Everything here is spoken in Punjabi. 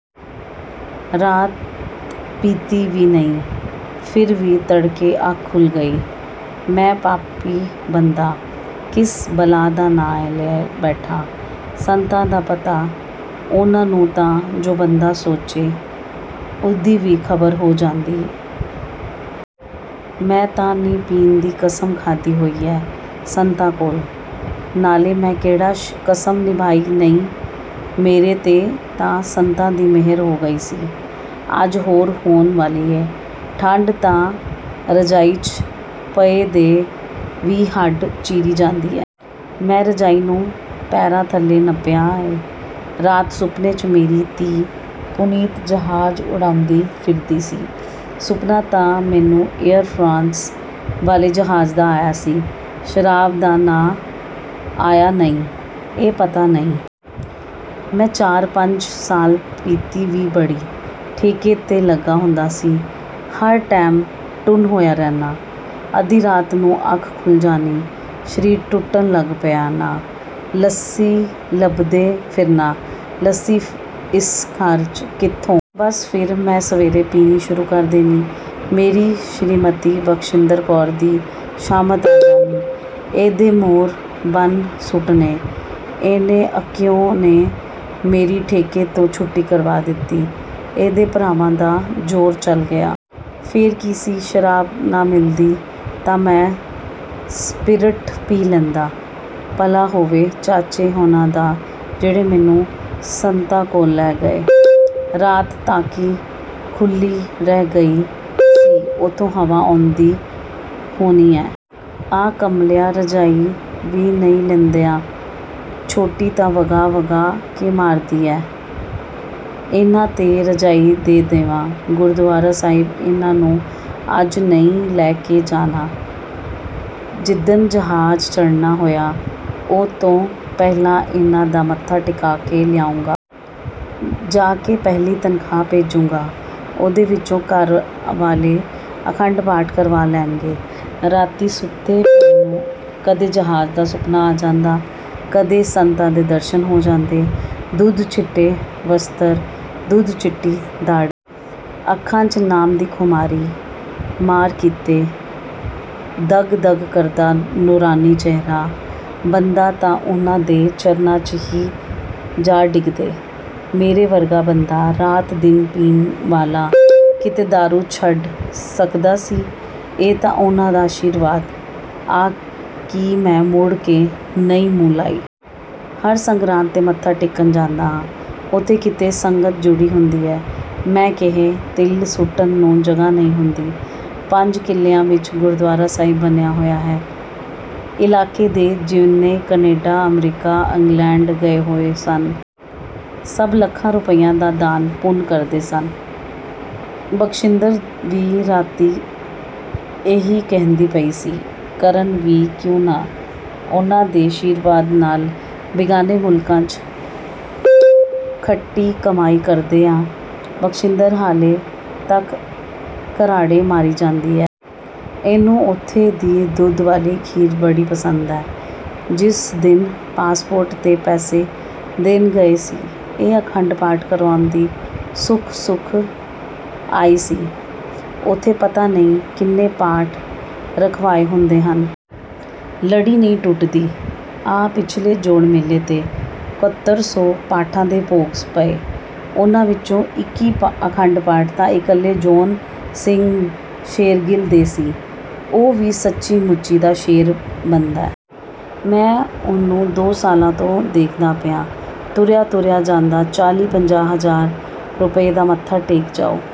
ਰਾਤ ਪੀਤੀ ਵੀ ਨਈਂ। ਫ਼ਿਰ ਵੀ ਤੜਕੇ ਅੱਖ ਖੁੱਲ੍ਹ ਗਈ। ਮੈਂ ਪਾਪੀ ਬੰਦਾ। ਕਿਸ ਬਲਾਅ ਦਾ ਨਾਂ ਲੈ ਬੈਠਾ। ਸੰਤਾਂ ਦਾ ਪਤਾ? ਉਨ੍ਹਾਂ ਨੂੰ ਤਾਂ, ਜੋ ਬੰਦਾ ਸੋਚੇ… ਉਹਦੀ ਵੀ ਖ਼ਬਰ ਹੋ ਜਾਂਦੀ ਆ। ਮੈਂ ਤਾਂ ਨੀ ਪੀਣ ਦੀ ਕਸਮ ਖਾਧੀ ਹੋਈ ਐ, ਸੰਤਾਂ ਕੋਲ। ਨਾਲੇ ਮੈਂ ਕਿਹੜਾ ਕਸਮ ਨਿਭਾਈ ਨਈਂ। ਮੇਰੇ 'ਤੇ ਤਾਂ ਸੰਤਾਂ ਦੀ ਮਿਹਰ ਹੋ ਗਈ ਸੀ। ਅੱਜ ਹੋਰ ਹੋਣ ਵਾਲੀ ਹੈ। ਠੰਡ ਤਾਂ ਰਜਾਈ 'ਚ ਪਏ ਦੇ ਵੀ ਹੱਢ ਚੀਰੀ ਜਾਂਦੀ ਆ। ਮੈਂ ਰਜਾਈ ਨੂੰ ਪੈਰਾਂ ਥੱਲੇ ਨੱਪਿਆ ਏ। ਰਾਤ ਸੁਪਨੇ 'ਚ ਮੇਰੀ ਧੀ ਪੁਨੀਤ ਜਹਾਜ਼ ਉਡਾਉਂਦੀ ਫ਼ਿਰਦੀ ਸੀ। ਸੁਪਨਾ ਤਾਂ ਮੈਨੂੰ ਏਅਰ ਫਰਾਂਸ ਵਾਲੇ ਜਹਾਜ਼ ਦਾ ਆਇਆ ਸੀ। ਸ਼ਰਾਬ ਦਾ ਤਾਂ ਆਇਆ ਨਈਂ। ਇਹ ਪਤਾ ਨਈਂ—। ਮੈਂ ਚਾਰ-ਪੰਜ ਸਾਲ ਪੀਤੀ ਵੀ ਬੜੀ। ਠੇਕੇ 'ਤੇ ਲੱਗਾ ਹੁੰਦਾ ਸੀ। ਹਰ ਟੈਮ ਟੁੰਨ ਹੋਇਆ ਰਹਿਣਾ। ਅੱਧੀ ਰਾਤ ਨੂੰ ਅੱਖ ਖੁੱਲ੍ਹ ਜਾਣੀ। ਸਰੀਰ ਟੁੱਟਣ ਲੱਗ ਪੈਣਾ। ਲੱਸੀ ਲੱਭਦੇ ਫ਼ਿਰਨਾ। ਲੱਸੀ ਇਸ ਘਰ 'ਚ ਕਿਥੋਂ? ਬੱਸ ਫ਼ਿਰ ਮੈਂ ਸਵੇਰੇ ਪੀਣੀ ਸ਼ੁਰੂ ਕਰ ਦੇਣੀ। ਮੇਰੀ ਸ਼੍ਰੀਮਤੀ ਬਖਸ਼ਿੰਦਰ ਕੌਰ ਦੀ ਸ਼ਾਮਤ ਆ ਜਾਣੀ। ਇਹਦੇ ਮੌਰ ਭੰਨ ਸੁੱਟਣੇ। ਇਹਨੇ ਅੱਕੀਓ ਨੇ ਮੇਰੀ ਠੇਕੇ ਤੋਂ ਛੁੱਟੀ ਕਰਵਾ ਦਿੱਤੀ। ਇਹਦੇ ਭਰਾਵਾਂ ਦਾ ਜ਼ੋਰ ਚੱਲ ਗਿਆ। ਫ਼ੇਰ ਕੀ ਸੀ। ਸ਼ਰਾਬ ਨਾ ਮਿਲਦੀ ਤਾਂ ਮੈਂ ਸਪਿਰਿਟ ਪੀ ਲੈਂਦਾ। ਭਲਾ ਹੋਵੇ ਚਾਚੇ ਹੁਣਾਂ ਦਾ ਜਿਹੜੇ ਮੈਨੂੰ ਸੰਤਾਂ ਕੋਲ ਲੈ ਗਏ। ਰਾਤ ਤਾਕੀ ਖੁੱਲ੍ਹੀ ਰਹਿ ਗਈ ਸੀ। ਉਥੋਂ ਹਵਾ ਆਉਂਦੀ ਹੋਣੀ ਆ। ਆਹ ਕਮਲੀਆਂ ਰਜਾਈ ਵੀ ਨਈਂ ਲੈਂਦੀਆਂ। ਛੋਟੀ ਤਾਂ ਵਗਾਹ-ਵਗਾਹ ਕੇ ਮਾਰਦੀ ਆ।… ਇਨ੍ਹਾਂ 'ਤੇ ਰਜਾਈ ਦੇ ਦੇਵਾਂ। ਗੁਰਦੁਆਰਾ ਸਾਹਿਬ ਇਨ੍ਹਾਂ ਨੂੰ ਅੱਜ ਨਈਂ ਲੈ ਕੇ ਜਾਣਾ। ਜਿੱਦਣ ਜਹਾਜ਼ ਚੜ੍ਹਣਾ ਹੋਇਆ, ਉਹ ਤੋਂ ਪਹਿਲਾਂ ਇਨ੍ਹਾਂ ਦਾ ਮੱਥਾ ਟਿਕਾ ਕੇ ਲਿਆਊਗਾ। ਜਾ ਕੇ ਪਹਿਲੀ ਤਨਖ਼ਾਹ ਭੇਜੂੰਗਾ। ਉਹਦੇ ਵਿੱਚੋਂ ਘਰ ਵਾਲੇ ਅਖੰਡ ਪਾਠ ਕਰਵਾ ਲੈਣਗੇ। ਰਾਤੀਂ ਸੁੱਤੇ ਪਏ ਨੂੰ ਕਦੇ ਜਹਾਜ਼ ਦਾ ਸੁਪਨਾ ਆ ਜਾਂਦਾ, ਕਦੇ ਸੰਤਾਂ ਦੇ ਦਰਸ਼ਨ ਹੋ ਜਾਂਦੇ। ਦੁੱਧ ਚਿੱਟੇ ਵਸਤਰ, ਦੁੱਧ ਚਿੱਟੀ ਦਾੜ੍ਹੀ। ਅੱਖਾਂ 'ਚ ਨਾਮ ਦੀ ਖੁਮਾਰੀ। ਮਾਅਰ ਕਿਤੇ… ਦੱਗ-ਦੱਗ ਕਰਦਾ ਨੂਰਾਨੀ ਚਿਹਰਾ। ਬੰਦਾ ਤਾਂ ਉਨ੍ਹਾਂ ਦੇ ਚਰਨਾਂ 'ਚ ਈ ਜਾ ਡਿਗਦੈ। ਮੇਰੇ ਵਰਗਾ ਬੰਦਾ, ਰਾਤ ਦਿਨ ਪੀਣ ਵਾਲਾ, ਕਿਤੇ ਦਾਰੂ ਛੱਡ ਸਕਦਾ ਸੀ? ਇਹ ਤਾਂ ਉਨ੍ਹਾਂ ਦਾ ਆਸ਼ੀਰਵਾਦ ਆ ਕਿ ਮੈਂ ਮੁੜ ਕੇ ਨਈਂ ਮੂੰਹ ਨੂੰ ਲਾਈ। ਹਰ ਸੰਗਰਾਂਦ 'ਤੇ ਮੱਥਾ ਟੇਕਣ ਜਾਂਦਾ ਹਾਂ। ਉੱਥੇ ਕਿਤੇ ਸੰਗਤ ਜੁੜੀ ਹੁੰਦੀ ਹੈ! ਮੈਂ ਕਿਹੈ… ਤਿਲ ਸੁੱਟਣ ਨੂੰ ਜਗ੍ਹਾ ਨਈਂ ਹੁੰਦੀ। ਪੰਜ ਕਿੱਲਿਆਂ ਵਿੱਚ ਗੁਰਦੁਆਰਾ ਸਾਹਿਬ ਬਣਿਆ ਹੋਇਆ। ਇਲਾਕੇ ਦੇ ਜਿੰਨੇ ਕਨੈਡਾ ਅਮਰੀਕਾ ਇੰਗਲੈਂਡ ਗਏ ਹੋਏ ਹਨ। ਸੱਭ ਲੱਖਾਂ ਰੁਪਈਆਂ ਦਾ ਦਾਨ ਪੁੰਨ ਕਰਦੇ ਹਨ। ਬਖਸ਼ਿੰਦਰ ਵੀ ਰਾਤੀਂ ਇਹੀ ਕਹਿੰਦੀ ਪਈ ਸੀ। "ਕਰਨ ਵੀ ਕਿਉਂ ਨਾ। ਉਨ੍ਹਾਂ ਦੇ ਆਸ਼ੀਰਵਾਦ ਨਾਲ ਬਿਗਾਨੇ ਮੁਲਕਾਂ 'ਚ ਖੱਟੀ ਕਮਾਈ ਕਰਦੇ ਆ। " ਬਖਸ਼ਿੰਦਰ ਹਾਲੇ ਤੱਕ ਘਰਾੜੇ ਮਾਰੀ ਜਾਂਦੀ ਹੈ। ਇਹਨੂੰ ਉੱਥੇ ਦੀ ਦੁੱਧ ਵਾਲੀ ਖੀਰ ਬੜੀ ਪਸੰਦ ਹੈ। ਜਿਸ ਦਿਨ ਪਾਸਪੋਰਟ ਤੇ ਪੈਸੇ ਦੇਣ ਗਏ ਸੀ। ਇਹ ਅਖੰਡ ਪਾਠ ਕਰਵਾਉਣ ਦੀ ਸੁੱਖ ਸੁਖ ਆਈ ਸੀ। ਉਥੇ ਪਤਾ ਨਈਂ ਕਿੰਨੇ ਪਾਠ ਰਖਵਾਏ ਹੁੰਦੇ ਹਨ। ਲੜੀ ਨਈਂ ਟੱੁਟਦੀ। ਆ ਪਿੱਛਲੇ ਜੋੜ ਮੇਲੇ 'ਤੇ ਕੋਤਰ ਸੌ ਪਾਠਾਂ ਦੇ ਭੋਗ ਪਏ। ਉਨ੍ਹਾਂ ਵਿੱਚੋਂ ਇੱਕੀ ਅਖੰਡ ਪਾਠ ਤਾਂ ਇਕੱਲੇ ਜੌਹਨ ਸਿੰਘ ਸ਼ੇਰਗਿੱਲ ਦੇ ਸੀ। ਉਹ ਵੀ ਸੱਚੀਂ ਮੁੱਚੀਂ ਦਾ ਸ਼ੇਰ ਬੰਦਾ। ਮੈਂ ਉਹਨੂੰ ਦੋ ਸਾਲ ਤੋਂ ਦੇਖਦਾ ਪਿਆਂ। ਤੁਰਿਆ-ਤੁਰਿਆ ਜਾਂਦਾ ਚਾਲੀ-ਪੰਜਾਹ ਹਜ਼ਾਰ ਰੁਪਏ ਦਾ ਮੱਥਾ ਟੇਕ ਜਾਊ।